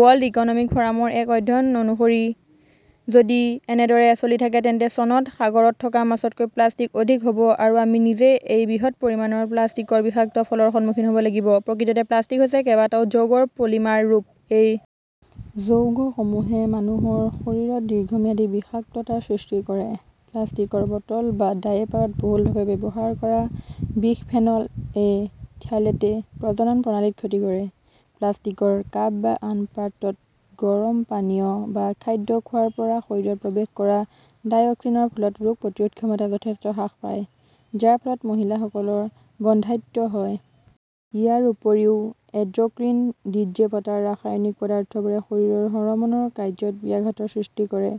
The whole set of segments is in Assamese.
ৱৰ্ল্ড ইকনমিক ফ'ৰামৰ এক অধ্যয়ন অনুসৰি, যদি এনেদৰে চলি থাকে তেন্তে চনত সাগৰত থকা মাছতকৈ প্লাষ্টিক অধিক হ'ব। আৰু আমি নিজেই এই বৃহৎ পৰিমাণৰ প্লাষ্টিকৰ বিষাক্ত ফলৰ সন্মুখীন হ'ব লাগিব। প্ৰকৃততে প্লাষ্টিক হৈছে কেইবাটাও যৌগৰ পলিমাৰ ৰূপ। এই যৌগসমূহে মানুহৰ শৰীৰত দীৰ্ঘম্যাদী বিষাক্ততাৰ সৃষ্টি কৰে। প্লাষ্টিকৰ বটল বা ডায়েপাৰত বহুলভাৱে ব্যৱহাৰ কৰা বিসফেনল এ, থ্যালেটে প্ৰজনন প্ৰণালীত ক্ষতি কৰে। প্লাষ্টিকৰ কাপ বা আন পাত্ৰত গৰম পানীয় বা খাদ্য খোৱাৰ পৰা শৰীৰত প্ৰৱেশ কৰা ডাইঅক্সিনৰ ফলত ৰোগ প্ৰতিৰোধ ক্ষমতা যথেষ্ট হ্ৰাস পায়, যাৰ ফলত মহিলাসকলৰ বন্ধ্যাত্ব হয়। ইয়াৰ উপৰিও এণ্ডক্ৰিন ডিজ্ৰেপটাৰ ৰাসায়নিক পদাৰ্থবোৰে শৰীৰৰ হৰমনৰ কাৰ্যত ব্যাঘাতৰ সৃষ্টি কৰে।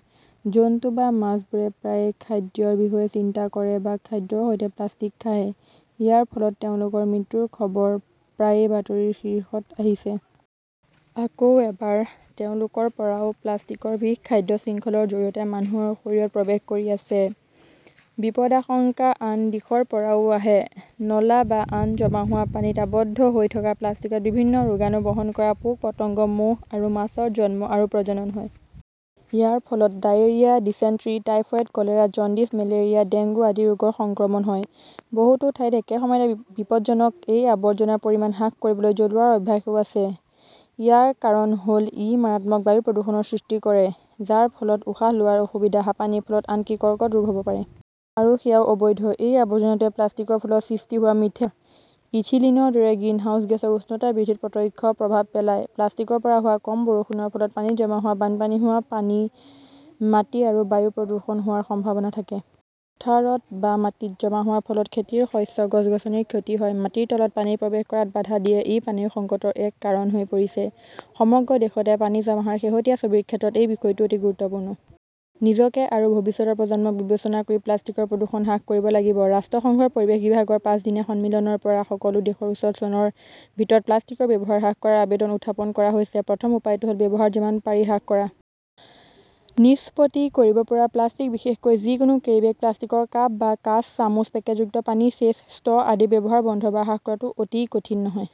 জন্তু বা মাছবোৰে প্ৰায়ে খাদ্যৰ বিষয়ে চিন্তা কৰে বা খাদ্যৰ সৈতে প্লাষ্টিক খায়। ইয়াৰ ফলত তেওঁলোকৰ মৃত্যুৰ খবৰ প্ৰায়ে বাতৰিৰ শীৰ্ষত আহিছে। আকৌ এবাৰ তেওঁলোকৰ পৰাও প্লাষ্টিকৰ বিষ খাদ্য শৃংখলৰ জৰিয়তে মানুহৰ শৰীৰত প্ৰৱেশ কৰি আছে। বিপদাশংকা আন দিশৰ পৰাও আহে। নলা বা আন জমা হোৱা পানীত আবদ্ধ হৈ থকা প্লাষ্টিকত বিভিন্ন ৰোগাণু বহন কৰা পোক-পতংগ, মহ আৰু মাছৰ জন্ম আৰু প্ৰজনন হয়। ইয়াৰ ফলত diarrhoea, dysentery, typhoid, cholera, jaundice, malaria, dengue আদি ৰোগৰ সংক্ৰমণ হয়। বহুতো ঠাইত একে সময়তে বিপদজনক এই আৱৰ্জনাৰ পৰিমাণ হ্ৰাস কৰিবলৈ জ্বলোৱাৰ অভ্যাসও আছে। ইয়াৰ কাৰণ হল ই মাৰাত্মক বায়ু প্ৰদূষণৰ সৃষ্টি কৰে যাৰ ফলত উশাহ লোৱাৰ অসুবিধা, হাঁপানিৰ ফলত আনকি কৰ্কট ৰোগ হ'ব পাৰে। আৰু সেয়াও অবৈধ। এই আৱৰ্জনাটোৱে প্লাষ্টিকৰ ফলত সৃষ্টি হোৱা মিথেন, ইথিলিনৰ দৰে 'গ্ৰিনহাউজ গেছৰ উষ্ণতা বৃদ্ধিত প্ৰত্যক্ষ প্ৰভাৱ পেলায়। প্লাষ্টিকৰ পৰা হোৱা কম বৰষুণৰ ফলত পানী জমা হোৱা, বানপানী হোৱা, পানী, মাটি আৰু বায়ু প্ৰদূষণ হোৱাৰ সম্ভাৱনা থাকে। পথাৰত বা মাটিত জমা হোৱাৰ ফলত খেতিৰ শস্য, গছ-গছনিৰ ক্ষতি হয়, মাটিৰ তলত পানী প্ৰৱেশ কৰাত বাধা দিয়ে। ই পানীৰ সংকটৰ এক কাৰণ হৈ পৰিছে। সমগ্ৰ দেশতে পানী জমা হোৱাৰ শেহতীয়া ছবিৰ ক্ষেত্ৰত এই বিষয়টো অতি গুৰুত্বপূৰ্ণ। নিজকে আৰু ভৱিষ্যতৰ প্ৰজন্মক বিবেচনা কৰি প্লাষ্টিকৰ প্ৰদূষণ হ্ৰাস কৰিব লাগিব। ৰাষ্ট্ৰসংঘৰ পৰিৱেশ বিভাগৰ পাঁচদিনীয়া সন্মিলনৰ পৰা সকলো দেশৰ ওচৰত চনৰ ভিতৰত প্লাষ্টিকৰ ব্যৱহাৰ হ্ৰাস কৰাৰ আবেদন উত্থাপন কৰা হৈছে। প্ৰথম উপায়টো হ'ল ব্যৱহাৰ যিমান পাৰি হ্ৰাস কৰা। 'নিষ্পত্তি কৰিব পৰা প্লাষ্টিক বিশেষকৈ যিকোনো কেৰীবেগ, প্লাষ্টিকৰ কাপ বা কাঁচ, চামুচ, পেকেটযুক্ত পানী, চেচ, ষ্ট্ৰ আদিৰ ব্যৱহাৰ বন্ধ বা হ্ৰাস কৰাটো অতি কঠিন নহয়।